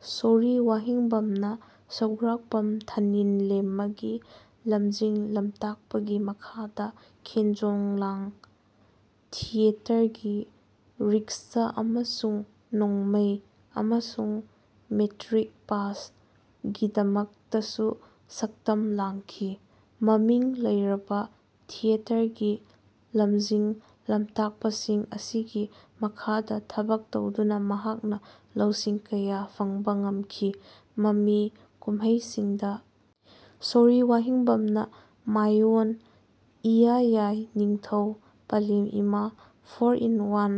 ꯁꯣꯔꯤ ꯋꯥꯍꯦꯡꯕꯝꯅ ꯁꯧꯒ꯭ꯔꯥꯛꯄꯝ ꯊꯥꯅꯤꯟꯂꯦꯃꯒꯤ ꯂꯝꯖꯤꯡ ꯂꯝꯇꯥꯛꯄꯒꯤ ꯃꯈꯥꯗ ꯈꯦꯟꯖꯣꯡꯂꯥꯡ ꯊꯤꯌꯦꯇꯔꯒꯤ "ꯔꯤꯛꯁꯥ ꯑꯃꯁꯨꯡ ꯅꯣꯡꯃꯩ" ꯑꯃꯁꯨꯡ "ꯃꯦꯇ꯭ꯔꯤꯛ ꯄꯥꯁ"ꯒꯤꯗꯃꯛꯇꯁꯨ ꯁꯛꯇꯝ ꯂꯥꯡꯈꯤ꯫ ꯃꯃꯤꯡ ꯂꯩꯔꯕ ꯊꯤꯌꯦꯇꯔꯒꯤ ꯂꯝꯖꯤꯡ ꯂꯝꯇꯥꯛꯄꯁꯤꯡ ꯑꯁꯤꯒꯤ ꯃꯈꯥꯗ ꯊꯕꯛ ꯇꯧꯗꯨꯅ ꯃꯍꯥꯛꯅ ꯂꯧꯁꯤꯡ ꯀꯌꯥ ꯐꯪꯕ ꯉꯝꯈꯤ꯫ ꯃꯃꯤ ꯀꯨꯝꯍꯩꯁꯤꯡꯗ ꯁꯣꯔꯤ ꯋꯥꯍꯦꯡꯕꯝꯅ ꯃꯥꯏ ꯑꯣꯟ, ꯏꯌꯥ ꯌꯥꯏ, ꯅꯤꯡꯊꯧ, ꯄꯂꯦꯝ ꯏꯃꯥ, ꯐꯣꯔ ꯏꯟ ꯋꯥꯟ,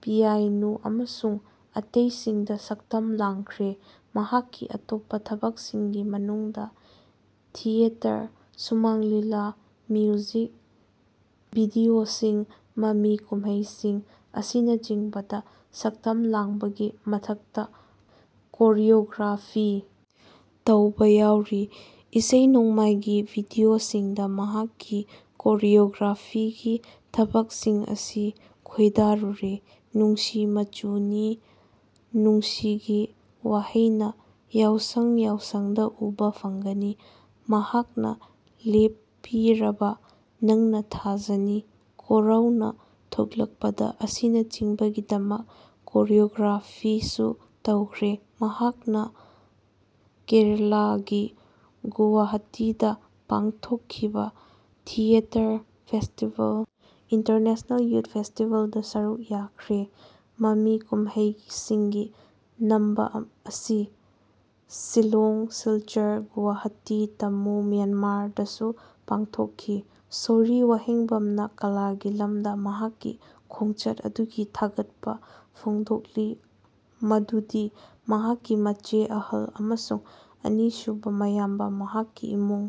ꯄꯤꯌꯥꯏꯅꯨ ꯑꯃꯁꯨꯡ ꯑꯇꯩꯁꯤꯡꯗ ꯁꯛꯇꯝ ꯂꯥꯡꯈ꯭ꯔꯦ꯫ ꯃꯍꯥꯛꯀꯤ ꯑꯇꯣꯞꯄ ꯊꯕꯛꯁꯤꯡꯒꯤ ꯃꯅꯨꯡꯗ ꯊꯤꯌꯦꯇꯔ, ꯁꯨꯃꯥꯡ ꯂꯤꯂꯥ, ꯃ꯭ꯌꯨꯖꯤꯛ ꯚꯤꯗꯤꯑꯣꯁꯤꯡ, ꯃꯃꯤ ꯀꯨꯝꯍꯩꯁꯤꯡ ꯑꯁꯤꯅꯆꯤꯡꯕꯗ ꯁꯛꯇꯝ ꯂꯥꯡꯕꯒꯤ ꯃꯊꯛꯇ ꯀꯣꯔꯤꯑꯣꯒ꯭ꯔꯥꯐꯤ ꯇꯧꯕ ꯌꯥꯎꯔꯤ꯫ ꯏꯁꯩ ꯅꯣꯡꯃꯥꯏꯒꯤ ꯚꯤꯗꯤꯑꯣꯁꯤꯡꯗ ꯃꯍꯥꯛꯀꯤ ꯀꯣꯔꯤꯌꯣꯒ꯭ꯔꯥꯐꯤꯒꯤ ꯊꯕꯛꯁꯤꯡ ꯑꯁꯤ ꯈꯣꯏꯗꯥꯔꯨꯔꯦ, ꯅꯨꯡꯁꯤ ꯃꯆꯨꯅꯤ, ꯅꯨꯡꯁꯤꯒꯤ ꯋꯥꯍꯩꯅ, ꯌꯥꯎꯁꯡ ꯌꯥꯎꯁꯡꯗ ꯎꯕ ꯐꯪꯒꯅꯤ꯫ ꯃꯍꯥꯛꯅ ꯂꯦꯞꯄꯤꯔꯕ, ꯅꯪꯅ ꯊꯥꯖꯅꯤ, ꯀꯣꯔꯧꯅ ꯊꯣꯛꯂꯛꯄꯗ ꯑꯁꯤꯅꯆꯤꯡꯕꯒꯤꯗꯃꯛ ꯀꯣꯔꯤꯑꯣꯒ꯭ꯔꯥꯐꯤꯁꯨ ꯇꯧꯈ꯭ꯔꯦ꯫ ꯃꯍꯥꯛꯅ ꯀꯦꯔꯂꯥꯒꯤ ꯒꯨꯋꯥꯍꯥꯇꯤꯗ ꯄꯥꯡꯊꯣꯛꯈꯤꯕ ꯊꯤꯌꯦꯇꯔ ꯐꯦꯁꯇꯤꯚꯦꯜ, ꯏꯟꯇꯔꯅꯦꯁꯅꯦꯜ ꯌꯨꯊ ꯐꯦꯁꯇꯤꯚꯦꯜꯗ ꯁꯔꯨꯛ ꯌꯥꯈ꯭ꯔꯦ꯫ ꯃꯃꯤ ꯀꯨꯝꯍꯩꯁꯤꯡꯒꯤ ꯅꯝꯕ ꯑꯁꯤ ꯁꯤꯜꯂꯣꯡ, ꯁꯤꯜꯆꯔ, ꯒꯨꯋꯥꯍꯥꯇꯤ, ꯇꯥꯃꯨ (ꯃ꯭ꯌꯥꯟꯃꯥꯔ)ꯗꯁꯨ ꯄꯥꯡꯊꯣꯛꯈꯤ꯫ ꯁꯣꯔꯤ ꯋꯥꯍꯦꯡꯕꯝꯅ ꯀꯂꯥꯒꯤ ꯂꯝꯗ ꯃꯍꯥꯛꯀꯤ ꯈꯣꯡꯆꯠ ꯑꯗꯨꯒꯤ ꯊꯥꯒꯠꯄ ꯐꯣꯡꯗꯣꯛꯂꯤ ꯃꯗꯨꯗꯤ ꯃꯍꯥꯛꯀꯤ ꯃꯆꯦ ꯑꯍꯜ ꯑꯃꯁꯨꯡ ꯑꯅꯤꯁꯨꯕ ꯃꯌꯥꯝꯕ, ꯃꯍꯥꯛꯀꯤ ꯏꯃꯨꯡ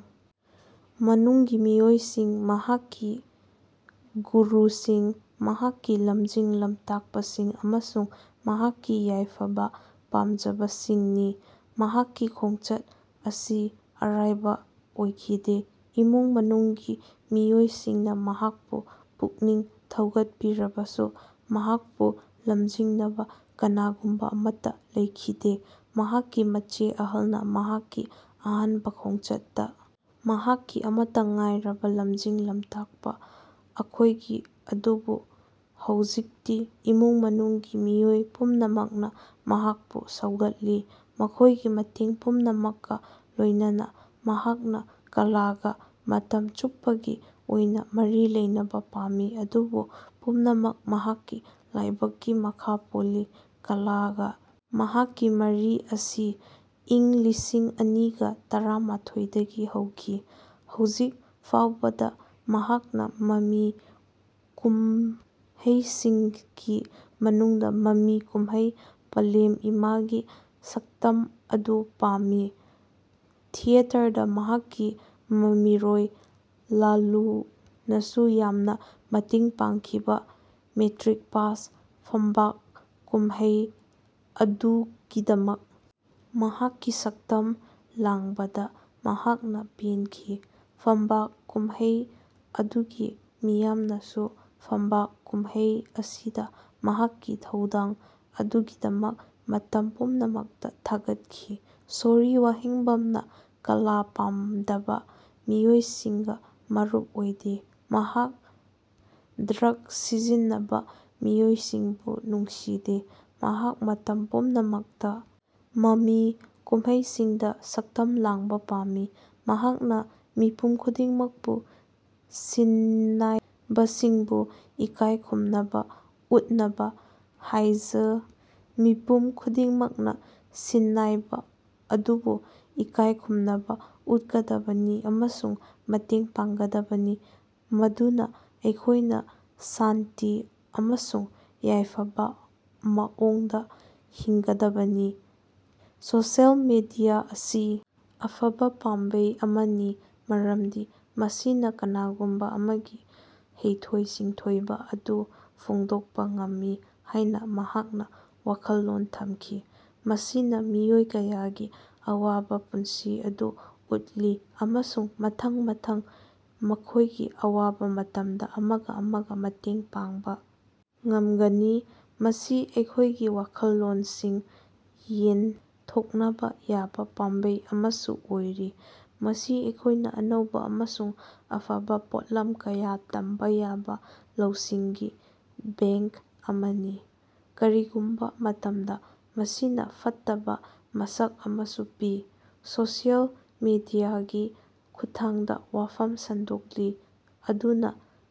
ꯃꯅꯨꯡꯒꯤ ꯃꯤꯑꯣꯏꯁꯤꯡ, ꯃꯍꯥꯛꯀꯤ ꯒꯨꯔꯨꯁꯤꯡ, ꯃꯍꯥꯛꯀꯤ ꯂꯝꯖꯤꯡ ꯂꯝꯇꯥꯛꯄꯁꯤꯡ ꯑꯃꯁꯨꯡ ꯃꯍꯥꯛꯀꯤ ꯌꯥꯏꯐꯕ ꯄꯥꯝꯖꯕꯁꯤꯡꯅꯤ꯫ ꯃꯍꯥꯛꯀꯤ ꯈꯣꯡꯆꯠ ꯑꯁꯤ ꯑꯔꯥꯏꯕ ꯑꯣꯏꯈꯤꯗꯦ꯫ ꯏꯃꯨꯡ ꯃꯅꯨꯡꯒꯤ ꯃꯤꯑꯣꯏꯁꯤꯡꯅ ꯃꯍꯥꯛꯄꯨ ꯄꯨꯛꯅꯤꯡ ꯊꯧꯒꯠꯄꯤꯔꯕꯁꯨ ꯃꯍꯥꯛꯄꯨ ꯂꯝꯖꯤꯡꯅꯕ ꯀꯅꯥꯒꯨꯝꯕ ꯑꯃꯠꯇ ꯂꯩꯈꯤꯗꯦ꯫ ꯃꯍꯥꯛꯀꯤ ꯃꯆꯦ ꯑꯍꯜꯅ ꯃꯍꯥꯛꯀꯤ ꯑꯍꯥꯟꯕ ꯈꯣꯡꯆꯠꯇ ꯃꯍꯥꯛꯀꯤ ꯑꯃꯠꯇ ꯉꯥꯏꯔꯕ ꯂꯝꯖꯤꯡ ꯂꯝꯇꯥꯛꯄ ꯑꯣꯏꯈꯤ ꯑꯗꯨꯕꯨ ꯍꯧꯖꯤꯛꯇꯤ ꯏꯃꯨꯡ ꯃꯅꯨꯡꯒꯤ ꯃꯤꯑꯣꯏ ꯄꯨꯝꯅꯃꯛꯅ ꯃꯍꯥꯛꯄꯨ ꯁꯧꯒꯠꯂꯤ꯫ ꯃꯈꯣꯏꯒꯤ ꯃꯇꯦꯡ ꯄꯨꯝꯅꯃꯛꯀ ꯂꯣꯏꯅꯅ ꯃꯍꯥꯛꯅ ꯀꯂꯥꯒ ꯃꯇꯝ ꯆꯨꯞꯄꯒꯤ ꯑꯣꯏꯅ ꯃꯔꯤ ꯂꯩꯅꯕ ꯄꯥꯝꯃꯤ꯫ ꯑꯗꯨꯕꯨ ꯄꯨꯝꯅꯃꯛ ꯃꯍꯥꯛꯀꯤ ꯂꯥꯏꯕꯛꯀꯤ ꯃꯈꯥ ꯄꯣꯜꯂꯤ꯫ ꯀꯂꯥꯒ ꯃꯍꯥꯛꯀꯤ ꯃꯔꯤ ꯑꯁꯤ ꯏꯪ ꯂꯤꯁꯤꯡ ꯑꯅꯤꯒ ꯇꯔꯥꯃꯥꯊꯣꯏꯗꯒꯤ ꯍꯧꯈꯤ꯫ ꯍꯧꯖꯤꯛ ꯐꯥꯎꯕꯗ ꯃꯍꯥꯛꯅ ꯃꯃꯤ ꯀꯨꯝꯍꯩꯁꯤꯡꯒꯤ ꯃꯅꯨꯡꯗ ꯃꯃꯤ ꯀꯨꯝꯍꯩ 'ꯄꯥꯂꯦꯝ ꯏꯃꯥ'ꯒꯤ ꯁꯛꯇꯝ ꯑꯗꯨ ꯄꯥꯝꯃꯤ꯫ ꯊꯤꯌꯦꯇꯔꯗ ꯃꯍꯥꯛꯀꯤ ꯃꯃꯤꯔꯣꯏ ꯂꯥꯂꯨꯅꯁꯨ ꯌꯥꯝꯅ ꯃꯇꯦꯡ ꯄꯥꯡꯈꯤꯕ 'ꯃꯦꯇ꯭ꯔꯤꯛ ꯄꯥꯁ' ꯐꯝꯕꯥꯛ ꯀꯨꯝꯍꯩ ꯑꯗꯨꯒꯤꯗꯃꯛ ꯃꯍꯥꯛꯀꯤ ꯁꯛꯇꯝ ꯂꯥꯡꯕꯗ ꯃꯍꯥꯛꯅ ꯄꯦꯟꯈꯤ꯫ ꯐꯝꯕꯥꯛ ꯀꯨꯝꯍꯩ ꯑꯗꯨꯒꯤ ꯃꯤꯌꯥꯝꯅꯁꯨ ꯐꯝꯕꯥꯛ ꯀꯨꯝꯍꯩ ꯑꯁꯤꯗ ꯃꯍꯥꯛꯀꯤ ꯊꯧꯗꯥꯡ ꯑꯗꯨꯒꯤꯗꯃꯛ ꯃꯇꯝ ꯄꯨꯝꯅꯃꯛꯇ ꯊꯥꯒꯠꯈꯤ꯫ ꯁꯣꯔꯤ ꯋꯥꯍꯦꯡꯕꯝꯅ ꯀꯂꯥ ꯄꯥꯝꯗꯕ ꯃꯤꯑꯣꯏꯁꯤꯡꯒ ꯃꯔꯨꯞ ꯑꯣꯏꯗꯦ꯫ ꯃꯍꯥꯛ ꯗ꯭ꯔꯒ ꯁꯤꯖꯤꯟꯅꯕ ꯃꯤꯑꯣꯏꯁꯤꯡꯕꯨ ꯅꯨꯡꯁꯤꯗꯦ꯫ ꯃꯍꯥꯛ ꯃꯇꯝ ꯄꯨꯝꯅꯃꯛꯇ ꯃꯃꯤ ꯀꯨꯝꯍꯩꯁꯤꯡꯗ ꯁꯛꯇꯝ ꯂꯥꯡꯕ ꯄꯥꯝꯃꯤ꯫ ꯃꯍꯥꯛꯅ ꯃꯤꯄꯨꯝ ꯈꯨꯗꯤꯡꯃꯛꯄꯨ ꯁꯤꯟꯅꯥꯏꯕꯁꯤꯡꯕꯨ ꯏꯀꯥꯏ ꯈꯨꯝꯅꯕ ꯎꯠꯅꯕ ꯍꯥꯏꯖ ꯃꯤꯄꯨꯝ ꯈꯨꯗꯤꯡꯃꯛꯅ ꯁꯤꯟꯅꯥꯏꯕ ꯑꯗꯨꯕꯨ ꯏꯀꯥꯏ ꯈꯨꯝꯅꯕ ꯎꯠꯀꯗꯕꯅꯤ ꯑꯃꯁꯨꯡ ꯃꯇꯦꯡ ꯄꯥꯡꯒꯗꯕꯅꯤ ꯃꯗꯨꯅ ꯑꯩꯈꯣꯏꯅ ꯁꯥꯟꯇꯤ ꯑꯃꯁꯨꯡ ꯌꯥꯏꯐꯕ ꯃꯑꯣꯡꯗ ꯍꯤꯡꯒꯗꯕꯅꯤ꯫ ꯁꯣꯁꯤꯌꯦꯜ ꯃꯤꯗꯤꯌꯥ ꯑꯁꯤ ꯑꯐꯕ ꯄꯥꯝꯕꯩ ꯑꯃꯅꯤ ꯃꯔꯝꯗꯤ ꯃꯁꯤꯅ ꯀꯅꯥꯒꯨꯝꯕ ꯑꯃꯒꯤ ꯍꯩꯊꯣꯏ ꯁꯤꯡꯊꯣꯏꯕ ꯑꯗꯨ ꯐꯣꯡꯗꯣꯛꯄ ꯉꯝꯃꯤ ꯍꯥꯏꯅ ꯃꯍꯥꯛꯅ ꯋꯥꯈꯜꯂꯣꯟ ꯊꯝꯈꯤ꯫ ꯃꯁꯤꯅ ꯃꯤꯑꯣꯏ ꯀꯌꯥꯒꯤ ꯑꯋꯥꯕ ꯄꯨꯟꯁꯤ ꯑꯗꯨ ꯎꯠꯂꯤ ꯑꯃꯁꯨꯡ ꯃꯊꯪ ꯃꯊꯪ ꯃꯈꯣꯏꯒꯤ ꯑꯋꯥꯕ ꯃꯇꯝꯗ ꯑꯃꯒ ꯑꯃꯒ ꯃꯇꯦꯡ ꯄꯥꯡꯕ ꯉꯝꯒꯅꯤ꯫ ꯃꯁꯤ ꯑꯩꯈꯣꯏꯒꯤ ꯋꯥꯈꯜꯂꯣꯟꯁꯤꯡ ꯌꯦꯟꯊꯣꯛꯅꯕ ꯌꯥꯕ ꯄꯥꯝꯕꯩ ꯑꯃꯁꯨ ꯑꯣꯏꯔꯤ꯫ ꯃꯁꯤ ꯑꯩꯈꯣꯏꯅ ꯑꯅꯧꯕ ꯑꯃꯁꯨꯡ ꯑꯐꯕ ꯄꯣꯠꯂꯝ ꯀꯌꯥ ꯇꯝꯕ ꯌꯥꯕ ꯂꯧꯁꯤꯡꯒꯤ ꯕꯦꯡꯛ ꯑꯃꯅꯤ꯫ ꯀꯔꯤꯒꯨꯝꯕ ꯃꯇꯝꯗ ꯃꯁꯤꯅ ꯐꯠꯇꯕ ꯃꯁꯛ ꯑꯃꯁꯨ ꯄꯤ꯫ ꯁꯣꯁꯤꯌꯦꯜ ꯃꯤꯗꯤꯌꯥꯒꯤ ꯈꯨꯠꯊꯥꯡꯗ ꯋꯥꯐꯝ ꯁꯟꯗꯣꯛꯂꯤ꯫ ꯑꯗꯨꯅ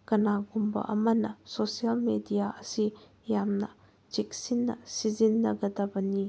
ꯀꯅꯥꯒꯨꯝꯕ ꯑꯃꯅ ꯁꯣꯁꯤꯌꯦꯜ ꯃꯤꯗꯤꯌꯥ ꯑꯁꯤ ꯌꯥꯝꯅ ꯆꯦꯛꯁꯤꯟꯅ ꯁꯤꯖꯤꯟꯅꯒꯗꯕꯅꯤ